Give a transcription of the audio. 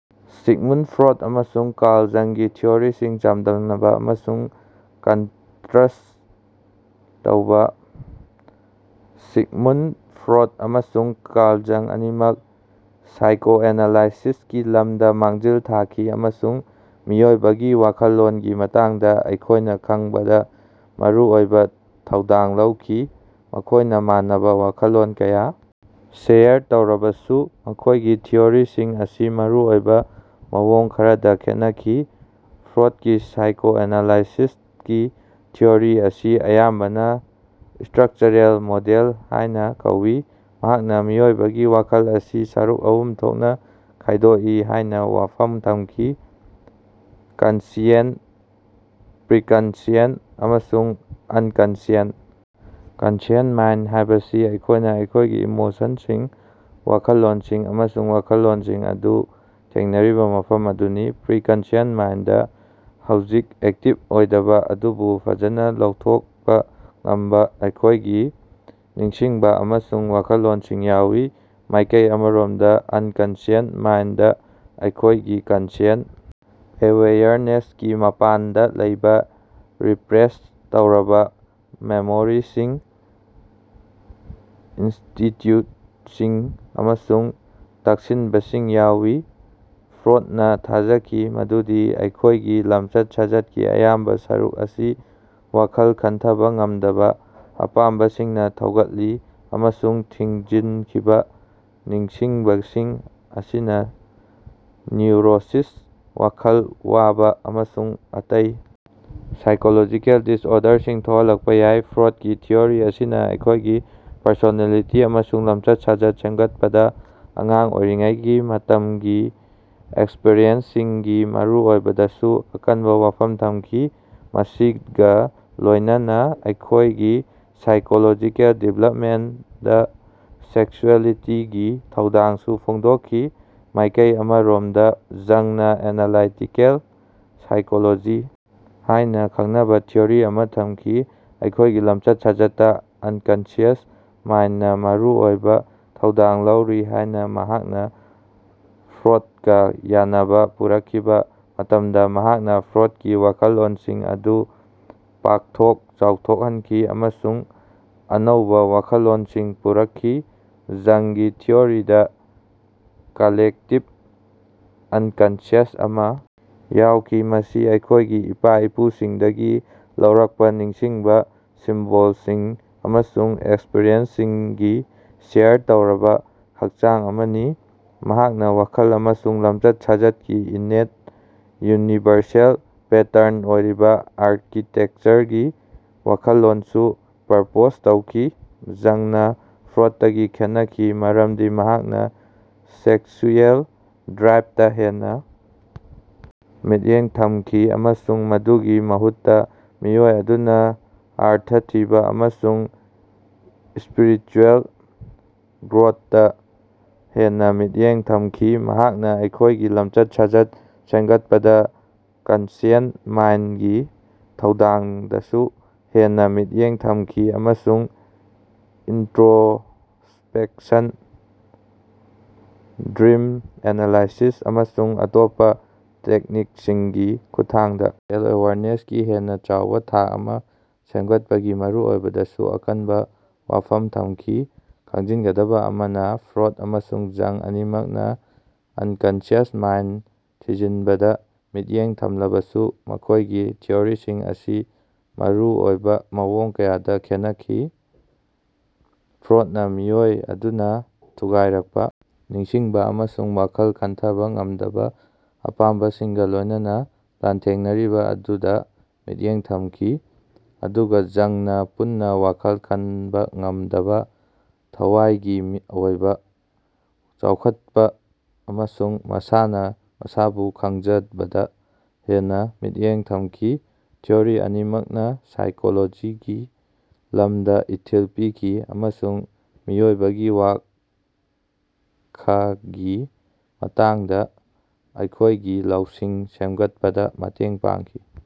Sigmund Freud ꯑꯃꯁꯨꯡ Carl ꯖꯪꯒꯤ ꯊꯤꯑꯣꯔꯤꯁꯤꯡ ꯆꯥꯡꯗꯝꯅꯕ ꯑꯃꯁꯨꯡ ꯀꯟꯇꯔꯁ꯭ꯠ ꯇꯧꯕ꯫ ꯁꯤꯒꯃꯨꯟꯗ ꯐ꯭ꯔꯣꯗ ꯑꯃꯁꯨꯡ ꯀꯥꯔꯜ ꯖꯪ ꯑꯅꯤꯃꯛ ꯁꯥꯏꯀꯣꯑꯦꯅꯥꯂꯥꯏꯁꯤꯁꯀꯤ ꯂꯝꯗ ꯃꯥꯡꯖꯤꯜ ꯊꯥꯈꯤ ꯑꯃꯁꯨꯡ ꯃꯤꯑꯣꯏꯕꯒꯤ ꯋꯥꯈꯜꯂꯣꯟꯒꯤ ꯃꯇꯥꯡꯗ ꯑꯩꯈꯣꯏꯅ ꯈꯪꯕꯗ ꯃꯔꯨꯑꯣꯏꯕ ꯊꯧꯗꯥꯡ ꯂꯧꯈꯤ꯫ ꯃꯈꯣꯏꯅ ꯃꯥꯟꯅꯕ ꯋꯥꯈꯜꯂꯣꯟ ꯀꯌꯥ ꯁꯦꯌꯔ ꯇꯧꯔꯕꯁꯨ ꯃꯈꯣꯏꯒꯤ ꯊꯤꯑꯣꯔꯤꯁꯤꯡ ꯑꯁꯤ ꯃꯔꯨꯑꯣꯏꯕ ꯃꯑꯣꯡ ꯈꯔꯗ ꯈꯦꯠꯅꯈꯤ꯫ ꯐ꯭ꯔꯣꯗꯀꯤ ꯁꯥꯏꯀꯣꯑꯦꯅꯥꯂꯥꯏꯁꯤꯁꯀꯤ ꯊꯤꯑꯣꯔꯤ ꯑꯁꯤ ꯑꯌꯥꯝꯕꯅ ꯁ꯭ꯇꯔꯛꯆꯔꯦꯜ ꯃꯣꯗꯦꯜ ꯍꯥꯏꯅ ꯀꯧꯏ꯫ ꯃꯍꯥꯛꯅ ꯃꯤꯑꯣꯏꯕꯒꯤ ꯋꯥꯈꯜ ꯑꯁꯤ ꯁꯔꯨꯛ ꯑꯍꯨꯝ ꯊꯣꯛꯅ ꯈꯥꯏꯗꯣꯛꯏ ꯍꯥꯏꯅ ꯋꯥꯐꯝ ꯊꯝꯈꯤ -ꯀꯟꯁꯤꯌꯦꯟꯇ, ꯄ꯭ꯔꯤꯀꯟꯁꯤꯌꯦꯁꯟ ꯑꯃꯁꯨꯡ ꯑꯟꯀꯟꯁꯤꯌꯦꯟꯇ꯫ ꯀꯟꯁꯤꯌꯦꯟꯇ ꯃꯥꯏꯟꯗ ꯍꯥꯏꯕꯁꯤ ꯑꯩꯈꯣꯏꯅ ꯑꯩꯈꯣꯏꯒꯤ ꯏꯃꯣꯁꯟꯁꯤꯡ, ꯋꯥꯈꯜꯂꯣꯟꯁꯤꯡ ꯑꯃꯁꯨꯡ ꯋꯥꯈꯜꯂꯣꯟꯁꯤꯡ ꯑꯗꯨ ꯊꯦꯡꯅꯔꯤꯕ ꯃꯐꯝ ꯑꯗꯨꯅꯤ꯫ ꯄ꯭ꯔꯤꯀꯟꯁꯤꯌꯦꯜ ꯃꯥꯏꯟꯗꯗ ꯍꯧꯖꯤꯛ ꯑꯦꯛꯇꯤꯕ ꯑꯣꯏꯗꯕ ꯑꯗꯨꯕꯨ ꯐꯖꯅ ꯂꯧꯊꯣꯛꯄ ꯉꯝꯕ ꯑꯩꯈꯣꯏꯒꯤ ꯅꯤꯡꯁꯤꯡꯕ ꯑꯃꯁꯨꯡ ꯋꯥꯈꯜꯂꯣꯟꯁꯤꯡ ꯌꯥꯎꯏ꯫ ꯃꯥꯏꯀꯩ ꯑꯃꯔꯣꯝꯗ, ꯑꯟꯀꯟꯁꯤꯌꯦꯟꯇ ꯃꯥꯏꯟꯗꯗ ꯑꯩꯈꯣꯏꯒꯤ ꯀꯟꯁꯤꯌꯦꯟꯇ ꯑꯦꯋꯦꯌꯔꯅꯦꯁꯀꯤ ꯃꯄꯥꯟꯗ ꯂꯩꯕ ꯔꯤꯄ꯭ꯔꯦꯁ ꯇꯧꯔꯕ ꯃꯦꯃꯣꯔꯤꯁꯤꯡ, ꯏꯟꯁꯇꯤꯇ꯭ꯌꯨꯠꯁꯤꯡ ꯑꯃꯁꯨꯡ ꯇꯛꯁꯤꯟꯕꯁꯤꯡ ꯌꯥꯎꯏ꯫ ꯐ꯭ꯔꯣꯗ ꯅꯥ ꯊꯥꯖꯈꯤ ꯃꯗꯨꯗꯤ ꯑꯩꯈꯣꯏꯒꯤ ꯂꯝꯆꯠ-ꯁꯥꯖꯠꯀꯤ ꯑꯌꯥꯝꯕ ꯁꯔꯨꯛ ꯑꯁꯤ ꯋꯥꯈꯜ ꯈꯟꯊꯕ ꯉꯝꯗꯕ ꯑꯄꯥꯝꯕꯁꯤꯡꯅ ꯊꯧꯒꯠꯂꯤ ꯑꯃꯁꯨꯡ ꯊꯤꯡꯖꯤꯅꯈꯤꯕ ꯅꯤꯡꯁꯤꯡꯕꯁꯤꯡ ꯑꯁꯤꯅ ꯅ꯭ꯌꯨꯔꯣꯁꯤꯁ, ꯋꯥꯈꯜ ꯋꯥꯕ ꯑꯃꯁꯨꯡ ꯑꯇꯩ ꯁꯥꯏꯀꯣꯂꯣꯖꯤꯀꯦꯜ ꯗꯤꯁꯑꯣꯔꯗꯔꯁꯤꯡ ꯊꯣꯛꯍꯜꯂꯛꯄ ꯌꯥꯏ꯫ ꯐ꯭ꯔꯣꯗꯀꯤ ꯊꯤꯑꯣꯔꯤ ꯑꯁꯤꯅ ꯑꯩꯈꯣꯏꯒꯤ ꯄꯔꯁꯣꯅꯦꯂꯤꯇꯤ ꯑꯃꯁꯨꯡ ꯂꯝꯆꯠ-ꯁꯥꯖꯠ ꯁꯦꯝꯒꯠꯄꯗ ꯑꯉꯥꯡ ꯑꯣꯏꯔꯤꯉꯩꯒꯤ ꯃꯇꯝꯒꯤ ꯑꯦꯛꯁꯄ꯭ꯔꯤꯌꯦꯟꯁꯁꯤꯡꯒꯤ ꯃꯔꯨꯑꯣꯏꯕꯗꯁꯨ ꯑꯀꯟꯕ ꯋꯥꯐꯝ ꯊꯝꯈꯤ, ꯃꯁꯤꯒ ꯂꯣꯏꯅꯅ ꯑꯩꯈꯣꯏꯒꯤ ꯁꯥꯏꯀꯣꯂꯣꯖꯤꯀꯦꯜ ꯗꯤꯚꯦꯂꯞꯃꯦꯟꯇꯗ ꯁꯦꯛꯁꯨꯑꯦꯂꯤꯇꯤꯒꯤ ꯊꯧꯗꯥꯡꯁꯨ ꯐꯣꯡꯗꯣꯛꯈꯤ꯫ ꯃꯥꯏꯀꯩ ꯑꯃꯔꯣꯝꯗ ꯖꯪꯅ ꯑꯦꯅꯥꯂꯥꯏꯇꯤꯀꯦꯜ ꯁꯥꯏꯀꯣꯂꯣꯖꯤ ꯍꯥꯏꯅ ꯈꯪꯅꯕ ꯊꯤꯑꯣꯔꯤ ꯑꯃ ꯊꯝꯈꯤ꯫ ꯑꯩꯈꯣꯏꯒꯤ ꯂꯝꯆꯠ-ꯁꯥꯖꯠꯇ ꯑꯟꯀꯟꯁꯤꯌꯁ ꯃꯥꯏꯟꯗꯅ ꯃꯔꯨꯑꯣꯏꯕ ꯊꯧꯗꯥꯡ ꯂꯧꯔꯤ ꯍꯥꯏꯅ ꯃꯍꯥꯛꯅ ꯐ꯭ꯔꯣꯗꯀꯥ ꯌꯥꯅꯕ ꯄꯨꯔꯛꯈꯤꯕ ꯃꯇꯝꯗ ꯃꯍꯥꯛꯅ ꯐ꯭ꯔꯣꯗꯀꯤ ꯋꯥꯈꯜꯂꯣꯟꯁꯤꯡ ꯑꯗꯨ ꯄꯥꯛꯊꯣꯛ ꯆꯥꯎꯊꯣꯛꯍꯟꯈꯤ ꯑꯃꯁꯨꯡ ꯑꯅꯧꯕ ꯋꯥꯈꯜꯂꯣꯟꯁꯤꯡ ꯄꯨꯔꯛꯈꯤ꯫ ꯖꯪꯒꯤ ꯊꯤꯑꯣꯔꯤꯗ ꯀꯥꯂꯦꯛꯇꯤꯕ ꯑꯟꯀꯟꯁꯤꯌꯁ ꯑꯃ ꯌꯥꯎꯈꯤ, ꯃꯁꯤ ꯑꯩꯈꯣꯏꯒꯤ ꯏꯄꯥ-ꯏꯄꯨꯁꯤꯡꯗꯒꯤ ꯂꯧꯔꯛꯄ ꯅꯤꯡꯁꯤꯡꯕ, ꯁꯤꯝꯕꯣꯜꯁꯤꯡ ꯑꯃꯁꯨꯡ ꯑꯦꯛꯁꯄ꯭ꯔꯤꯌꯦꯟꯁꯁꯤꯡꯒꯤ ꯁꯦꯌꯔ ꯇꯧꯔꯕ ꯍꯛꯆꯥꯡ ꯑꯃꯅꯤ꯫ ꯃꯍꯥꯛꯅ ꯋꯥꯈꯜ ꯑꯃꯁꯨꯡ ꯂꯝꯆꯠ-ꯁꯥꯖꯠꯀꯤ ꯏꯟꯅꯦꯠ, ꯌꯨꯅꯤꯚꯔꯁꯦꯜ ꯄꯦꯇꯔꯟ ꯑꯣꯏꯔꯤꯕ ꯑꯥꯔꯀꯤꯇꯦꯛꯆꯔꯒꯤ ꯋꯥꯈꯜꯂꯣꯟꯁꯨ ꯄ꯭ꯔꯄꯣꯖ ꯇꯧꯈꯤ꯫ ꯖꯪꯅ ꯐ꯭ꯔꯣꯗꯇꯒꯤ ꯈꯦꯠꯅꯈꯤ ꯃꯔꯝꯗꯤ ꯃꯍꯥꯛꯅ ꯁꯦꯛꯁꯨꯑꯦꯜ ꯗ꯭ꯔꯥꯏꯕꯇꯥ ꯍꯦꯟꯅ ꯃꯤꯠꯌꯦꯡ ꯊꯝꯈꯤ ꯑꯃꯁꯨꯡ ꯃꯗꯨꯒꯤ ꯃꯍꯨꯠꯇ ꯃꯤꯑꯣꯏ ꯑꯗꯨꯅ ꯑꯔꯊ ꯊꯤꯕ ꯑꯃꯁꯨꯡ ꯁ꯭ꯄꯤꯔꯤꯆꯨꯌꯦꯜ ꯒ꯭ꯔꯣꯊꯇꯥ ꯍꯦꯟꯅ‌ ꯃꯤꯠꯌꯦꯡ ꯊꯝꯈꯤ꯫ ꯃꯍꯥꯛꯅ ꯑꯩꯈꯣꯏꯒꯤ ꯂꯝꯆꯠ-ꯁꯥꯖꯠ ꯁꯦꯝꯒꯠꯄꯗ ꯀꯟꯁꯤꯌꯦꯟꯇ ꯃꯥꯏꯟꯗꯒꯤ ꯊꯧꯗꯥꯡꯗꯁꯨ ꯍꯦꯟꯅ ꯃꯤꯠꯌꯦꯡ ꯊꯝꯈꯤ ꯑꯃꯁꯨꯡ ꯏꯟꯇꯔꯣꯁ꯭ꯄꯦꯛꯁꯟ, ꯗ꯭ꯔꯤꯝ ꯑꯦꯅꯥꯂꯥꯏꯁꯤꯁ ꯑꯃꯁꯨꯡ ꯑꯇꯣꯞꯄ ꯇꯦꯛꯅꯤꯛꯁꯤꯡꯒꯤ ꯈꯨꯠꯊꯥꯡꯗ ꯁꯦꯜꯐ-ꯑꯦꯋꯥꯔꯅꯦꯁꯀꯤ ꯍꯦꯟꯅ ꯆꯥꯎꯕꯥ ꯊꯥꯛ ꯑꯃ ꯁꯦꯝꯒꯠꯄꯒꯤ ꯃꯔꯨꯑꯣꯏꯕꯗꯁꯨ ꯑꯀꯟꯕ ꯋꯥꯐꯝ ꯊꯝꯈꯤ꯫ ꯈꯪꯖꯤꯟꯒꯗꯕ ꯑꯃꯅ, ꯐ꯭ꯔꯣꯗ ꯑꯃꯁꯨꯡ ꯖꯪ ꯑꯅꯤꯃꯛꯅ ꯑꯟꯀꯟꯁꯤꯌꯁ ꯃꯥꯏꯟꯗ ꯊꯤꯖꯤꯟꯕꯗ ꯃꯤꯠꯌꯦꯡ ꯊꯝꯂꯕꯁꯨ ꯃꯈꯣꯏꯒꯤ ꯊꯤꯑꯣꯔꯤꯁꯤꯡ ꯑꯁꯤ ꯃꯔꯨ ꯑꯣꯏꯕ ꯃꯑꯣꯡ ꯀꯌꯥꯗ ꯈꯦꯠꯅꯈꯤ꯫ ꯐ꯭ꯔꯣꯗꯅ ꯃꯤꯑꯣꯏ ꯑꯗꯨꯅ ꯊꯨꯒꯥꯏꯔꯛꯄ ꯅꯤꯡꯁꯤꯡꯕ ꯑꯃꯁꯨꯡ ꯋꯥꯈꯜ ꯈꯟꯊꯥꯕ ꯉꯝꯗꯕ ꯑꯄꯥꯝꯕꯁꯤꯡꯒ ꯂꯣꯏꯅꯅ ꯂꯥꯟꯊꯦꯡꯅꯔꯤꯕ ꯑꯗꯨꯗ ꯃꯤꯠꯌꯦꯡ ꯊꯝꯈꯤ, ꯑꯗꯨꯒ ꯖꯪꯅꯥ ꯄꯨꯟꯅ ꯋꯥꯈꯜ ꯈꯟꯕ ꯉꯝꯗꯕ, ꯊꯋꯥꯏꯒꯤ ꯑꯣꯏꯕ ꯆꯥꯎꯈꯠꯄ‌ ꯑꯃꯁꯨꯡ ꯃꯁꯥꯅ‌ ꯃꯁꯥꯕꯨ ꯈꯪꯖꯕꯗ ꯍꯦꯟꯅ ꯃꯤꯠꯌꯦꯡ ꯊꯝꯈꯤ꯫ ꯊꯤꯑꯣꯔꯤ ꯑꯅꯤꯃꯛꯅ ꯁꯥꯏꯀꯣꯂꯣꯖꯤꯒꯤ ꯂꯝꯗ ꯏꯊꯤꯜ ꯄꯤꯈꯤ ꯑꯃꯁꯨꯡ ꯃꯤꯑꯣꯏꯕꯒꯤ ꯋꯥꯈꯒꯤ ꯃꯇꯥꯡꯗ ꯑꯩꯈꯣꯏꯒꯤ ꯂꯧꯁꯤꯡ ꯁꯦꯝꯒꯠꯄꯗ ꯃꯇꯦꯡ ꯄꯥꯡꯈꯤ꯫